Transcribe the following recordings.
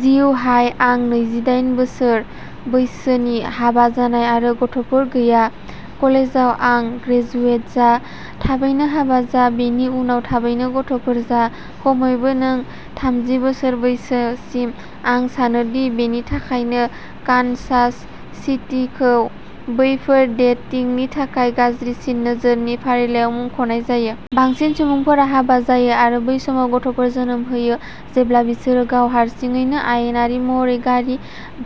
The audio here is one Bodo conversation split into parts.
जिउ. हाय. आं नैजि दाइन बोसोर बैसोनि, हाबा जानाय आरो गथ'फोर गैया। कलेजाव आं। ग्रेजुवेट जा। थाबैनो हाबा जा। बेनि उनाव थाबैनो गथ'फोर जा। खमैबो नों थामजि बोसोर बैसोसिम। आं सानोदि बेनि थाखायनो कानसास सिटीखौ बैफोर "डेटिंनि थाखाय गाज्रिसिन नोगोर" नि फारिलाइयाव मुंख'नाय जायो। बांसिन सुबुंफोरा हाबा जायो आरो बै समाव गथ'फोर जोनोम होयो जेब्ला बिसोरो गाव हारसिङैनो आयेनारि महरै गारि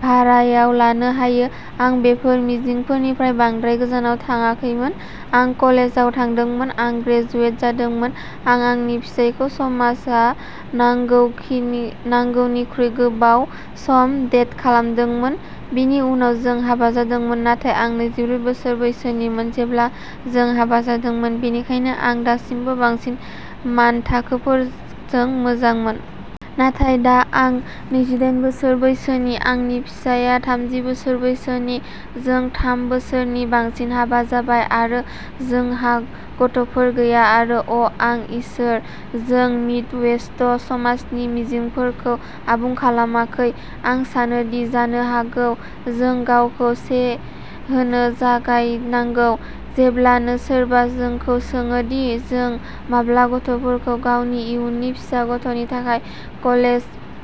भारायाव लानो हायो। आं बेफोर मिजिंफोरनिफ्राय बांद्राय गोजानाव थाङाखैमोन। आं कलेजाव थांदोंमोन। आं ग्रेजुवेट जादोंमोन। आं आंनि फिसायखौ समाजआ नांगौखिनि नांगौनिख्रुइ गोबाव सम डेट खालामदोंमोन, बिनि उनाव जों हाबा जादोंमोन, नाथाय आं नैजि ब्रै बोसोर बैसोनिमोन जेब्ला जों हाबा जादोंमोन, बेनिखायनो आं दासिमबो बांसिन मानथाखोफोरजों मोजांमोन। नाथाय दा आं नैजि दाइन बोसोर बैसोनि। आंनि फिसायआ थामजि बोसोर बैसोनि। जों थाम बोसोरनि बांसिन हाबा जाबाय आरो जोंहा गथ'फोर गैया। आरो अ'आंनि इसोर, जों मिडवेस्ट समाजनि मिजिंफोरखौ आबुं खालामाखै। आं सानो दि जानो हागौ जों गावखौ से होनो जागायनांगौ जेब्लानो सोरबा जोंखौ सोङो दि जों माब्ला गथ'फोरखौ गावनि इयुननि फिसा गथ'नि थाखाय कलेज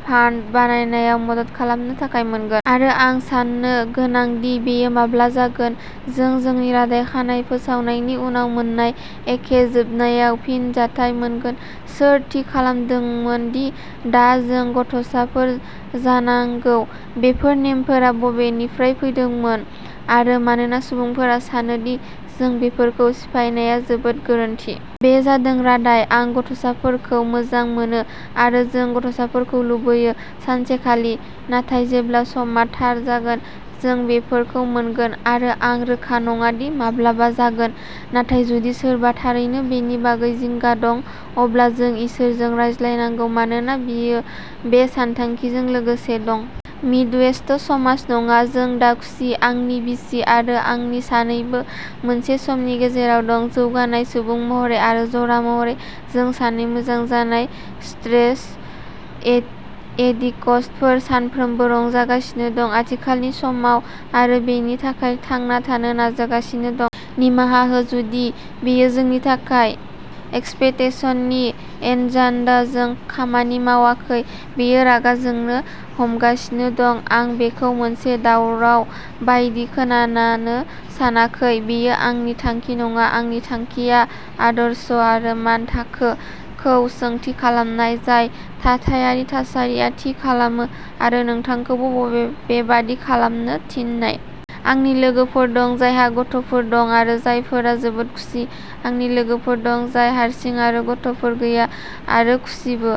फान्ड बानायनायाव मदद खालामनो थाखाय मोनगोन। आरो आं साननो गोनां दि बेयो माब्ला जागोन, जों जोंनि रादाय खानाय फोसावनायनि उनाव मोन्नाय एखे "जोबनायाव!" फिनजाथाय मोनगोन। सोर थि खालामदोंमोन दि दा जों गथ'साफोर जानांगौ? बेफोर नेमफोरा बबेनिफ्राय फैदोंमोन? आरो मानोना सुबुंफोरा सानो दि जों बेफोरखौ सिफायनाया जोबोद गोरोन्थि? बे जादों रादाय। आं गथ'साफोरखौ मोजां मोनो। आरो जों गथ'साफोरखौ लुबैयो। सानसेखालि। नाथाय जेब्ला समआ थार जागोन जों बेफोरखौ मोनगोन। आरो आं रोखा नङा दि माब्लाबा जागोन, नाथाय जुदि सोरबा थारैनो बेनि बागै जिंगा दं, अब्ला जों इसोरजों रायज्लायनांगौ मानोना बियो बे सानथांखिजों लोगोसे दं। मिडवेस्ट समाज नङा। जों दा खुसि। आंनि बिसि आरो आंनि सानैबो मोनसे समनि गेजेराव दं। जौगानाय, सुबुं महरै आरो जरा महरै। जों-सानै मोजां जानाय स्ट्रेस एडि एडिक्टफोर-सानफ्रोमबो रंजागासिनो दं, आथिखालनि समाव आरो बेनि थाखाय थांना थानो नाजागासिनो दं। निमाहा हो, जुदि बेयो जोंनि थाखाय एक्सपेक्टेसननि एजेन्डाजों खामानि मावाखै। बेयो रागा जोंनो हमगासिनो दं। आं बेखौ मोनसे दावराव बायदि खोनानो सानाखै। बेयो आंनि थांखि नङा। आंनि थांखिया "आदर्श" आरो "मानथाखो" खौ सोंथि खालामनाय, जाय थाथायारि थासारिआ थि खालामो, आरो नोंथांखौबो बबे बेबादि खालामनो थिननाय। आंनि लोगोफोर दं जायहा गथ'फोर दं आरो जायफोरा जोबोद खुसि। आंनि लोगोफोर दं जाय हारसिं आरो गथ'फोर गैया आरो खुसिबो।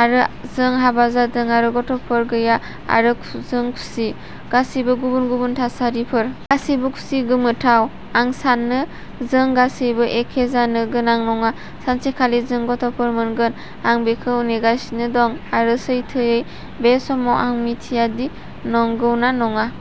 आरो जों हाबा जादों आरो गथ'फोर गैया आरो जों खुसि। गासैबो गुबुन गुबुन थासारिफोर। गासैबो खुसि। गोमोथाव। आं सानो जों गासैबो एखे जानो गोनां नङा। सानसेखालि जों गथ'फोर मोनगोन। आं बेखौ नेगासिनो दं। आरो सैथोयै बे समाव आं मिथिया दि नंगौना नङा।